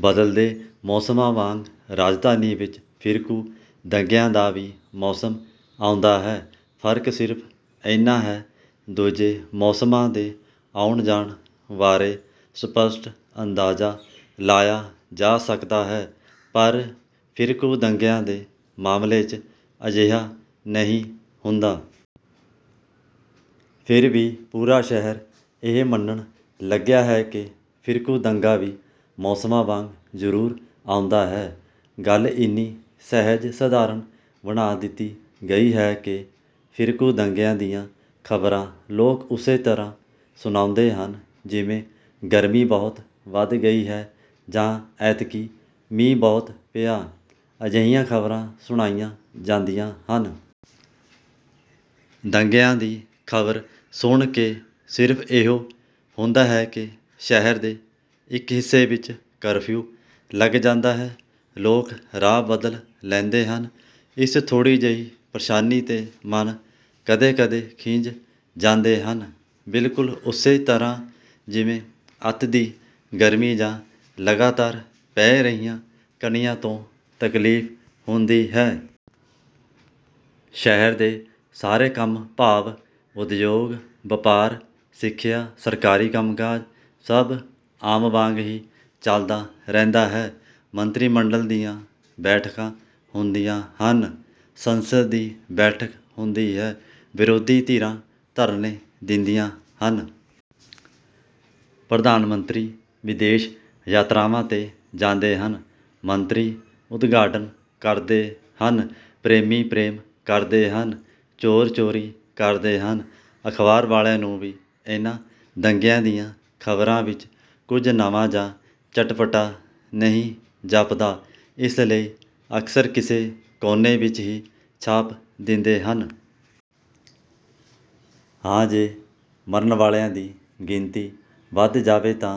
ਬਦਲਦੇ ਮੌਸਮਾਂ ਵਾਂਗ ਰਾਜਧਾਨੀ ਵਿੱਚ ਫਿਰਕੂ ਦੰਗਿਆਂ ਦਾ ਵੀ ਮੌਸਮ ਆਉਂਦਾ ਹੈ। ਫਰਕ ਸਿਰਫ ਏਨਾ ਹੈ ਦੂਜੇ ਮੌਸਮਾਂ ਦੇ ਆਉਣ-ਜਾਣ ਬਾਰੇ ਸਪੱਸ਼ਟ ਅੰਦਾਜ਼ਾ ਲਾਇਆ ਜਾ ਸਕਦਾ ਹੈ, ਪਰ ਫਿਰਕੂ ਦੰਗਿਆਂ ਦੇ ਮਾਮਲੇ 'ਚ ਅਜਿਹਾ ਨਹੀਂ ਹੁੰਦਾ। ਫਿਰ ਵੀ ਪੂਰਾ ਸ਼ਹਿਰ ਇਹ ਮੰਨਣ ਲੱਗਿਆ ਹੈ ਕਿ ਫਿਰਕੂ ਦੰਗਾ ਵੀ ਮੌਸਮਾਂ ਵਾਂਗ ਜ਼ਰੂਰ ਆਉਂਦਾ ਹੈ। ਗੱਲ ਇੰਨੀ ਸਹਿਜ-ਸਧਾਰਨ ਬਣਾ ਦਿੱਤੀ ਗਈ ਹੈ ਕਿ ਫਿਰਕੂ ਦੰਗਿਆਂ ਦੀਆਂ ਖ਼ਬਰਾਂ ਲੋਕ ਉਸੇ ਤਰ੍ਹਾਂ ਸੁਣਾਉਂਦੇ ਹਨ ਜਿਵੇਂ "ਗਰਮੀ ਬਹੁਤ ਵਧ ਗਈ ਹੈ' ਜਾਂ "ਐਤਕੀਂ ਮੀਂਹ ਬਹੁਤ ਪਿਆ" ਜਿਹੀਆਂ ਖਬਰਾਂ ਸੁਣਾਈਆਂ ਜਾਂਦੀਆਂ ਹਨ। ਦੰਗਿਆਂ ਦੀ ਖ਼ਬਰ ਸੁਣ ਕੇ ਸਿਰਫ ਇਹੋ ਹੁੰਦਾ ਹੈ ਕਿ ਸ਼ਹਿਰ ਦੇ ਇੱਕ ਹਿੱਸੇ ਵਿੱਚ ਕਰਫਿਊ ਲੱਗ ਜਾਂਦਾ ਹੈ। ਲੋਕ ਰਾਹ ਬਦਲ ਲੈਂਦੇ ਹਨ। ਇਸ ਥੋੜੀ ਜਿਹੀ ਪ੍ਰੇਸ਼ਾਨੀ 'ਤੇ ਮਨ ਕਦੇ-ਕਦੇ ਖਿਝ ਜਾਂਦੇ ਹਨ, ਬਿਲਕੁਲ ਉਸੇ ਤਰ੍ਹਾਂ ਜਿਵੇਂ ਅੱਤ ਦੀ ਗਰਮੀ ਜਾਂ ਲਗਾਤਾਰ ਪੈ ਰਹੀਆਂ ਕਣੀਆਂ ਤੋਂ ਤਕਲੀਫ ਹੁੰਦੀ ਹੈ। ਸ਼ਹਿਰ ਦੇ ਸਾਰੇ ਕੰਮ ਭਾਵ ਉਦਯੋਗ, ਵਪਾਰ, ਸਿੱਖਿਆ, ਸਰਕਾਰੀ ਕੰਮ-ਕਾਜ ਸਭ ਆਮ ਵਾਂਗ ਹੀ ਚਲਦਾ ਰਹਿੰਦਾ ਹੈ। ਮੰਤਰੀ ਮੰਡਲ਼ ਦੀਆਂ ਬੈਠਕਾਂ ਹੁੰਦੀਆਂ ਹਨ। ਸੰਸਦ ਦੀ ਬੈਠਕ ਹੁੰਦੀ ਹੈ। ਵਿਰੋਧੀ ਧਿਰਾਂ ਧਰਨੇ ਦਿੰਦੀਆਂ ਹਨ। ਪ੍ਰਧਾਨ ਮੰਤਰੀ ਵਿਦੇਸ਼ ਯਾਤਰਾਵਾਂ 'ਤੇ ਜਾਂਦੇ ਹਨ, ਮੰਤਰੀ ਉਦਘਾਟਨ ਕਰਦੇ ਹਨ, ਪ੍ਰੇਮੀ ਪ੍ਰੇਮ ਕਰਦੇ ਹਨ, ਚੋਰ ਚੋਰੀ ਕਰਦੇ ਹਨ। ਅਖ਼ਬਾਰ ਵਾਲ਼ਿਆਂ ਨੂੰ ਵੀ ਇਹਨਾਂ ਦੰਗਿਆਂ ਦੀਆਂ ਖ਼ਬਰਾਂ ਵਿੱਚ ਕੁੱਝ ਨਵਾਂ ਜਾਂ ਚਟਪਟਾ ਨਹੀਂ ਜਾਪਦਾ, ਇਸ ਲਈ ਅਕਸਰ ਕਿਸੇ ਕੋਨੇ ਵਿੱਚ ਹੀ ਛਾਪ ਦਿੰਦੇ ਹਨ। ਹਾਂ ਜੇ ਮਰਨ ਵਾਲ਼ਿਆਂ ਦੀ ਗਿਣਤੀ ਵਧ ਜਾਵੇ ਤਾਂ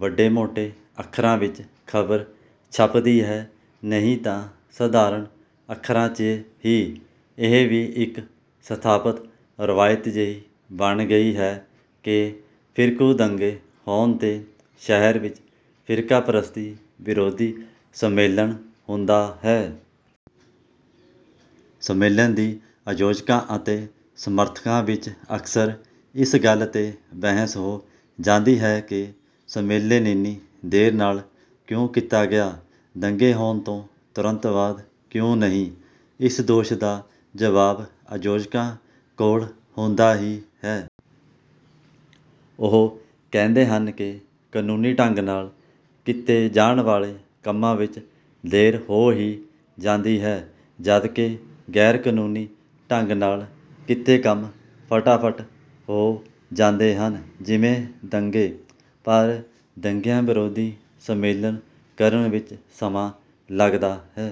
ਵੱਡੇ-ਮੋਟੇ ਅੱਖਰਾਂ ਵਿੱਚ ਖ਼ਬਰ ਛਪਦੀ ਹੈ, ਨਹੀਂ ਤਾਂ ਸਧਾਰਨ ਅੱਖਰਾਂ 'ਚ ਹੀ। ਇਹ ਵੀ ਇੱਕ ਸਥਾਪਤ ਰਵਾਇਤ ਜਿਹੀ ਬਣ ਗਈ ਹੈ ਕਿ ਫਿਰਕੂ ਦੰਗੇ ਹੋਣ 'ਤੇ ਸ਼ਹਿਰ ਵਿੱਚ "ਫਿਰਕਾਪ੍ਰਸਤੀ ਵਿਰੋਧੀ ਸੰਮੇਲਨ" ਹੁੰਦਾ ਹੈ। ਸੰਮੇਲਨ ਦੀ ਆਯੋਜਕਾਂ ਅਤੇ ਸਮਰਥਕਾਂ ਵਿੱਚ ਅਕਸਰ ਇਸ ਗੱਲ 'ਤੇ ਬਹਿਸ ਹੋ ਜਾਂਦੀ ਹੈ ਕਿ ਸੰਮੇਲਨ ਇੰਨੀ ਦੇਰ ਨਾਲ਼ ਕਿਉਂ ਕੀਤਾ ਗਿਆ, ਦੰਗੇ ਹੋਣ ਤੋਂ ਤੁਰੰਤ ਬਾਅਦ ਕਿਉਂ ਨਹੀਂ। ਇਸ ਦੋਸ਼ ਦਾ ਜਵਾਬ ਆਯੋਜਕਾਂ ਕੋਲ਼ ਹੁੰਦਾ ਹੀ ਹੈ। ਉਹ ਕਹਿੰਦੇ ਹਨ ਕਿ ਕਨੂੰਨੀ ਢੰਗ ਨਾਲ਼ ਕੀਤੇ ਜਾਣ ਵਾਲ਼ੇ ਕੰਮਾਂ ਵਿੱਚ ਦੇਰ ਹੋ ਹੀ ਜਾਂਦੀ ਹੈ। ਜਦਕਿ ਗੈਰ-ਕਨੂੰਨੀ ਢੰਗ ਨਾਲ਼ ਕੀਤੇ ਕੰਮ ਫਟਾਫਟ ਹੋ ਜਾਂਦੇ ਹਨ — ਜਿਵੇਂ ਦੰਗੇ। ਪਰ ਦੰਗਿਆਂ ਵਿਰੋਧੀ ਸੰਮੇਲਨ ਕਰਨ ਵਿੱਚ ਸਮਾਂ ਲਗਦਾ ਹੈ।